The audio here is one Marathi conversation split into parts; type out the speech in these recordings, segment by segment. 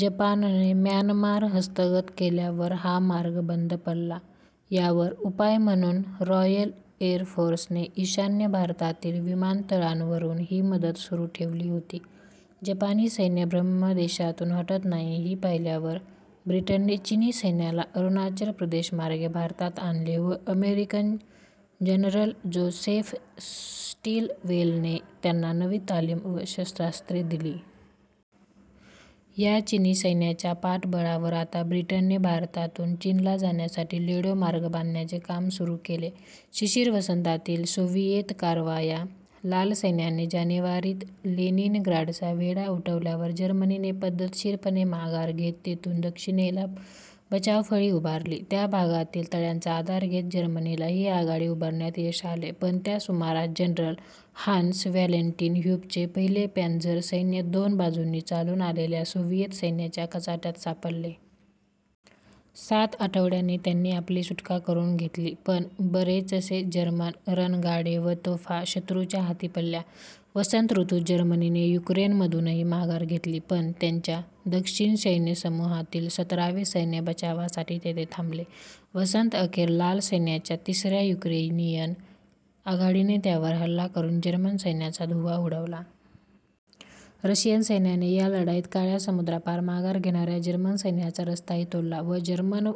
जपानने म्यानमार हस्तगत केल्यावर हा मार्ग बंद पडला. यावर उपाय म्हणून रॉयल एरफोर्सने ईशान्य भारतातील विमानतळांवरून ही मदत सुरू ठेवली होती. जपानी सैन्य ब्रह्मदेशातून हटत नाही ही पाहिल्यावर ब्रिटनने चीनी सैन्याला अरुणाचल प्रदेशमार्गे भारतात आणले व अमेरिकन जनरल जोसेफ स्टिलवेलने त्यांना नवी तालीम व शस्त्रास्त्रे दिली. या चीनी सैन्याच्या पाठबळावर आता ब्रिटनने भारतातून चीनला जाण्यासाठी लेडो मार्ग बांधण्याचे काम सुरू केले. शिशिर-वसंतातील सोव्हिएत कारवाया लाल सैन्याने जानेवारीत लेनिनग्राडचा वेढा उठवल्यावर जर्मनीने पद्धतशीरपणे माघार घेत तेथून दक्षिणेला बचावफळी उभारली. त्या भागातील तळ्यांचा आधार घेत जर्मनीला ही आघाडी उभारण्यात यश आले पण त्या सुमारास जनरल हान्स-व्हॅलेन्टिन ह्युबचे पहिले पॅन्झर सैन्य दोन बाजूंनी चालून आलेल्या सोव्हिएत सैन्याच्या कचाट्यात सापडले. सात आठवड्यांनी त्यांनी आपली सुटका करून घेतली पण बरेचसे जर्मन रणगाडे व तोफा शत्रूच्या हाती पडल्या. वसंत ऋतुत जर्मनीने युक्रेनमधूनही माघार घेतली पण त्यांच्या दक्षिण सैन्यसमूहातील सतरावे सैन्य बचावासाठी तेथे थांबले. वसंतअखेर लाल सैन्याच्या तिसऱ्या युक्रेनियन आघाडीने त्यावर हल्ला करून जर्मन सैन्याचा धुव्वा उडवला. रशियन सैन्याने या लढाईत काळ्या समुद्रापार माघार घेणाऱ्या जर्मन सैन्याचा रस्ताही तोडला व जर्मन व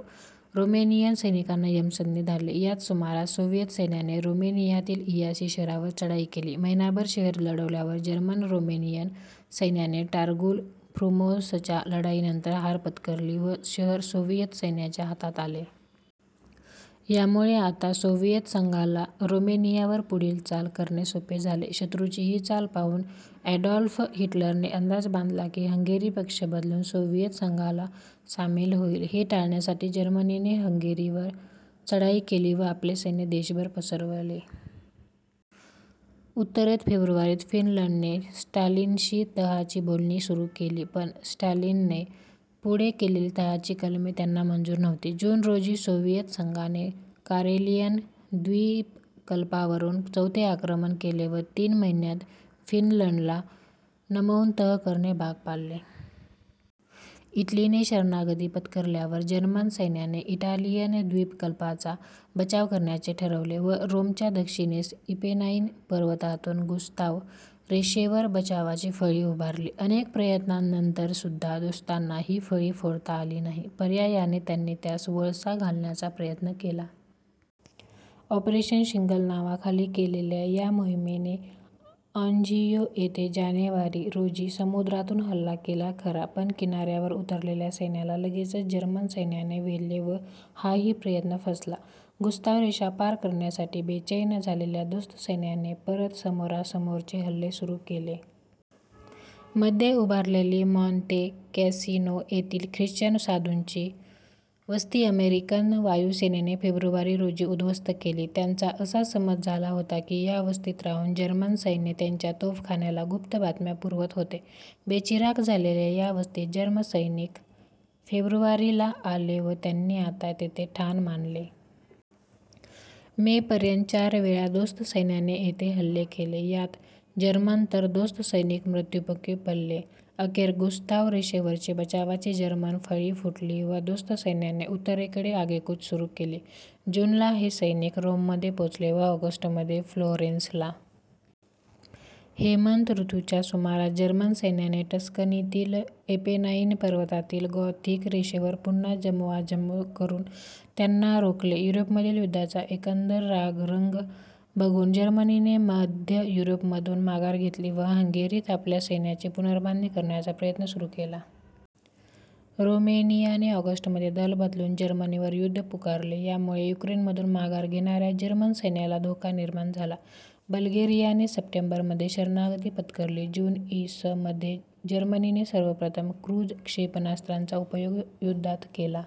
रोमेनियन सैनिकांना यमसदनी धाडले. याच सुमारास सोव्हिएत सैन्याने रोमेनियातील इयासी शहरावर चढाई केली. महिनाभर शहर लढवल्यावर जर्मन-रोमेनियन सैन्याने टारगुल फ्रुमोसच्या लढाईनंतर हार पत्करली व शहर सोव्हिएत सैन्याच्या हातात आले. यामुळे आता सोव्हिएत संघाला रोमेनियावर पुढील चाल करणे सोपे झाले. शत्रूची ही चाल पाहून ॲडॉल्फ हिटलरने अंदाज बांधला की हंगेरी पक्ष बदलून सोव्हिएत संघाला सामील होइल. हे टाळण्यासाठी जर्मनीने हंगेरीवर चढाई केली व आपले सैन्य देशभर पसरवले. उत्तरेत फेब्रुवारीत फिनलंडने स्टालिनशी तहाची बोलणी सुरू केली पण स्टालिनने पुढे केलेली तहाची कलमे त्यांना मंजूर नव्हती. जून रोजी सोव्हिएत संघाने कारेलियन द्वीपकल्पावरून चौथे आक्रमण केले व तीन महिन्यात फिनलंडला नमवून तह करणे भाग पाडले. इटलीने शरणागती पत्करल्यावर जर्मन सैन्याने इटालियन द्वीपकल्पाचा बचाव करण्याचे ठरवले व रोमच्या दक्षिणेस एपेनाइन पर्वतातून गुस्ताव रेषेवर बचावाची फळी उभारली. अनेक प्रयत्नांनंतरसुद्धा दोस्तांना ही फळी फोडता आली नाही. पर्यायाने त्यांनी त्यास वळसा घालण्याचा प्रयत्न केला. ऑपरेशन शिंगल नावाखाली केलेल्या या मोहिमेने आंझियो येथे जानेवारी, रोजी समुद्रातून हल्ला केला खरा पण किनाऱ्यावर उतरलेल्या सैन्याला लगेचच जर्मन सैन्याने वेढले व हाही प्रयत्न फसला. गुस्ताव रेषा पार करण्यासाठी बेचैन झालेल्या दोस्त सैन्याने परत समोरासमोरचे हल्ले सुरू केले. मध्ये उभारलेली मॉॅंते कॅसिनो येथील ख्रिश्चन साधूंची वस्ती अमेरिकन वायु सेनेने फेब्रुवारी रोजी उद्ध्वस्त केली. त्यांचा असा समज झाला होता की या वस्तीत राहून जर्मन सैन्य त्यांच्या तोफखान्याला गुप्त बातम्या पुरवत होते. बेचिराख झालेल्या या वस्तीत जर्म सैनिक फेब्रुवारी ला आले व त्यांनी आता तेथे ठाण मांडले. मे पर्यंत चार वेळा दोस्त सैन्याने येथे हल्ले केले. यात जर्मन तर दोस्त सैनिक मृत्युमुखी पडले. अखेर गुस्ताव रेषेवरची बचावाची जर्मन फळी फुटली व दोस्त सैन्याने उत्तरेकडे आगेकूच सुरू केली. जून ला हे सैनिक रोममध्ये पोचले तर ऑगस्टमध्ये फ्लोरेंसला. हेमंत ऋतूच्या सुमारास जर्मन सैन्याने टस्कनीतील एपेनाइन पर्वतातील गॉथिक रेषेवर पुन्हा जमवाजमव करून त्यांना रोखले युरोपमधील युद्धाचा एकंदर रागरंग बघून जर्मनीने मध्य युरोपमधून माघार घेतली व हंगेरीत आपल्या सैन्याची पुनर्बांधणी करण्याचा प्रयत्न सुरू केला. रोमेनियाने ऑगस्ट मध्ये दल बदलून जर्मनीवर युद्ध पुकारले. यामुळे युक्रेनमधून माघार घेणाऱ्या जर्मन सैन्याला धोका निर्माण झाला. बल्गेरियाने सप्टेंबरमध्ये शरणागती पत्करली. जून इ. स. मध्ये जर्मनीने सर्वप्रथम क्रुझ क्षेपणास्त्रांचा उपयोग युद्धात केला.